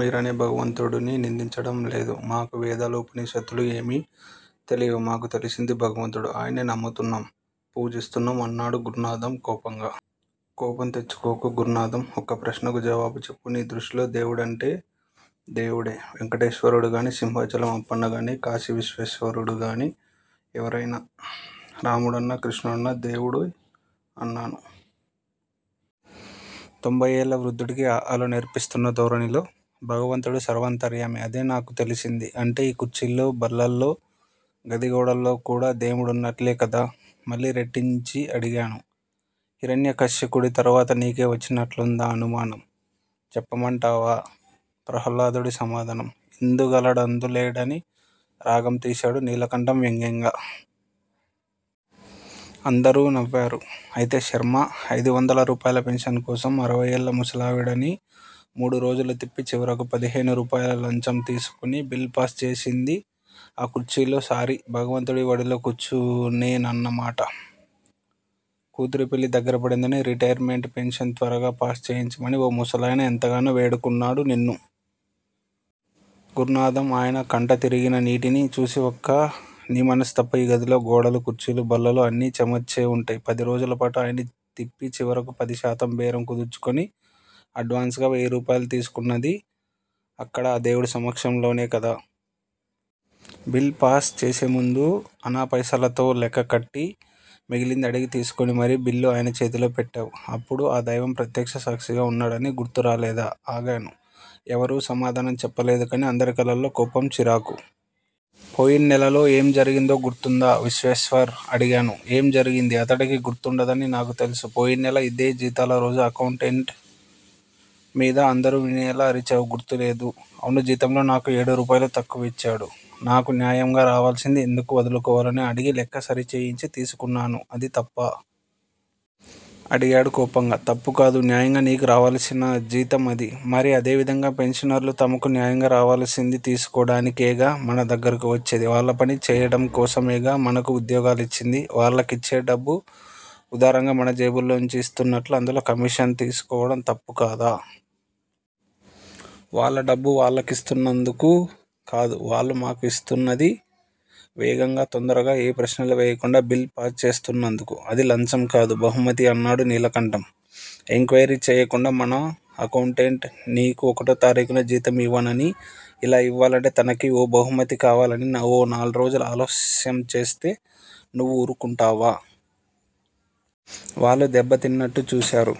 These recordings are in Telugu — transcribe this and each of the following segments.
మీరనే భగవంతుడినీ నిందించడం లేదు. మాకు వేదాలు, ఉపనిషత్తులు ఏమీ తెలియవు. మాకు తెలిసింది భగవంతుడు. ఆయన్ని నమ్ముతున్నాం, పూజిస్తున్నాం అన్నాడు గుర్నాధం కోపంగా. కోపం తెచ్చుకోకు గుర్నాధం. ఒక్క ప్రశ్నకు జవాబు చెప్పు. నీ దృష్టిలో దేవుడంటే దేవుడే. వేంకటేశ్వరుడు గానీ, సింహాచలం అప్పన్న గానీ, కాశీ విశ్వేశ్వరుడు గానీ ఎవరయినా రాముడన్నా, కృష్ణుడన్నా దేవుడే అన్నాను. తొంభయ్యేళ్ళ వృద్ధుడికి అ ఆ లు నేర్పిస్తున్న ధోరణిలో. భగవంతుడు సర్వాంతార్యామి. అదే నాకు తెలిసింది. అంటే ఈ కుర్చీల్లో, బల్లల్లో, గది గోడల్లో కూడా దేముడున్నట్లే కదా? మళ్ళీ రెట్టించి అడిగాను. హిరణ్యకశ్యకుడి తర్వాత నీకే వచ్చినట్లుందా అనుమానం. చెప్పమంటావా ప్రహ్లాదుడి సమాధానం? ఇందుగల డందులేడని రాగం తీశాడు నీలకంఠం వ్యంగ్యంగా. అందరూ నవ్వారు. అయితే శర్మా! అయిదు వందల రూపాయల పెన్షన్ కోసం అరవయ్యేళ్ళ ముసలావిడని మూడు రోజులు తిప్పి, చివరకు పదిహేను రూపాయల లంచం తీసుకుని బిల్ పాస్ చేసింది ఆ కుర్చీలో సారీ భగవంతుడి వడిలో కూర్చునేనన్నమాట. కూతురి పెళ్ళి దగ్గరపడిందని రిటైర్ మెంట్ పెన్షన్ త్వరగా పాస్ చేయించమని ఓ ముసలాయన ఎంతగానో వేడుకున్నాడు నిన్ను. గుర్నాధం! ఆయన కంట తిరిగిన నీటిని చూసి ఒక్క నీ మనసు తప్ప ఈ గదిలో గోడలు, కుర్చీలు, బల్లలూ అన్నీ చెమర్చే వుంటాయి. పది రోజులపాటు ఆయన్ని తిప్పి చివరకు పది శాతం బేరం కుదుర్చుకుని అడ్వాన్స్ గా వెయ్యిరూపాయలు తీసుకున్నది అక్కడ ఆ దేవుడి సమక్షంలోనే కదా! బిల్ పాస్ చేసే ముందు అణా పైసలతో లెక్క కట్టి మిగిలింది అడిగి తీసుకుని మరీ బిల్లు ఆయన చేతిలో పెట్టావు. అప్పుడు ఆ దైవం ప్రత్యక్ష సాక్షిగా ఉన్నాడని గుర్తు రాలేదా? ఆగాను. ఎవరూ సమాధానం చెప్పలేదు కానీ అందరి కళ్ళలో కోపం చిరాకు. పోయిన్నెలలో ఏం జరిగిందో గుర్తుందా విశ్వేశ్వర్? అడిగాను. ఏం జరిగింది? అతడికి గుర్తుండదని నాకు తెలుసు. పోయిన్నెల ఇదే జీతాల రోజు అక్కౌంటెంట్ మీద అందరూ వినేలా అరిచావు గుర్తు లేదూ? అవును జీతంలో నాకు ఏడు రూపాయలు తక్కువిచ్చాడు. నాకు న్యాయంగా రావలసింది ఎందుకు వదులుకోవాలని అడిగి లెక్క సరిచేయించి తీసుకున్నాను అది తప్పా? అడిగాడు కోపంగా. తప్పుకాదు. న్యాయంగా నీకు రావలసిన జీతం అది. మరి అదే విధంగా పెన్షనర్లు తమకు న్యాయంగా రావలసింది తీసుకోవడానికేగా మన దగ్గరకు వచ్చేది? వాళ్ళ పని చేయటం కోసమేగా మనకు ఉద్యోగాలిచ్చింది? వాళ్ళకిచ్చే డబ్బు ఉదారంగా మన జేబుల్లోంచి ఇస్తున్నట్లు అందులో కమీషన్ తీసుకోవడం తప్పు కాదా? వాళ్ళ డబ్బు వాళ్ళకిస్తున్నందుకు కాదు వాళ్ళు మాకు యిస్తున్నది. వేగంగా, తొందరగా, ఏ ప్రశ్నలూ వేయకుండా బిల్ పాస్ చేస్తున్నందుకు. అది 'లంచం' కాదు. 'బహుమతి' అన్నాడు నీలకంఠం. ఎంక్వయిరీ చేయకుండా మన అకౌంటెంట్ నీకు ఒకటో తారీఖున జీతం యివ్వననీ, అలా ఇవ్వాలంటే తనకీ ఓ 'బహుమతి' కావాలనీ ఓ నాల్రోజులు ఆలస్యం చేస్తే నువ్వు వూరుకుంటావా? వాళ్ళు దెబ్బతిన్నట్టు చూశారు.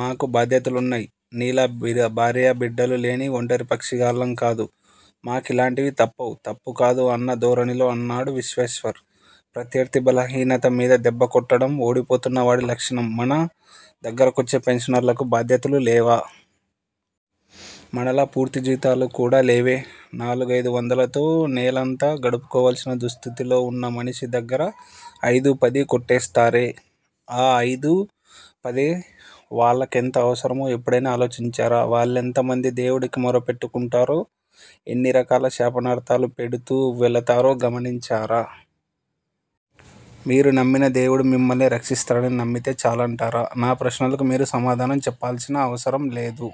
మాకు బాధ్యతలున్నాయి. నీలా బిద భార్యాబిడ్డలు లేని ఒంటరి పక్షిగాళ్ళం కాదు. మా కిలాంటివి తప్పవు. తప్పు కాదు అన్న ధోరణిలో అన్నాడు విశ్వేశ్వర్. ప్రత్యర్ధి బలహీనత మీద దెబ్బ కొట్టడం ఓడిపోతున్న వాడి లక్షణము. మన దగ్గరకొచ్చే పెన్షనర్లకు బాధ్యతలు లేవా? మనలా పూర్తి జీతాలు కూడా లేవే. నాలుగయిదు వందలతో నేలంతా గడుపుకోవాల్సిన దుస్థితిలో వున్న మనిషి దగ్గర అయిదూ, పదీ కొట్టేస్తారే. ఆ అయిదూ, పదే వాళ్ళకెంత అవసరమో ఎప్పుడైనా ఆలోచించారా? వాళ్ళెంత మంది దేవుడికి మొర పెట్టుకుంటారో ఎన్ని రకాల శాపనార్ధాలు పెడుతూ వెళతారో గమనించారా? మీరు నమ్మిన దేవుడు మిమ్మల్ని రక్షిస్తాడని నమ్మితే చాలంటారా? నా ప్రశ్నలకు మీరు నాకు సమాధానం చెప్పాల్సినవసరం లేదు.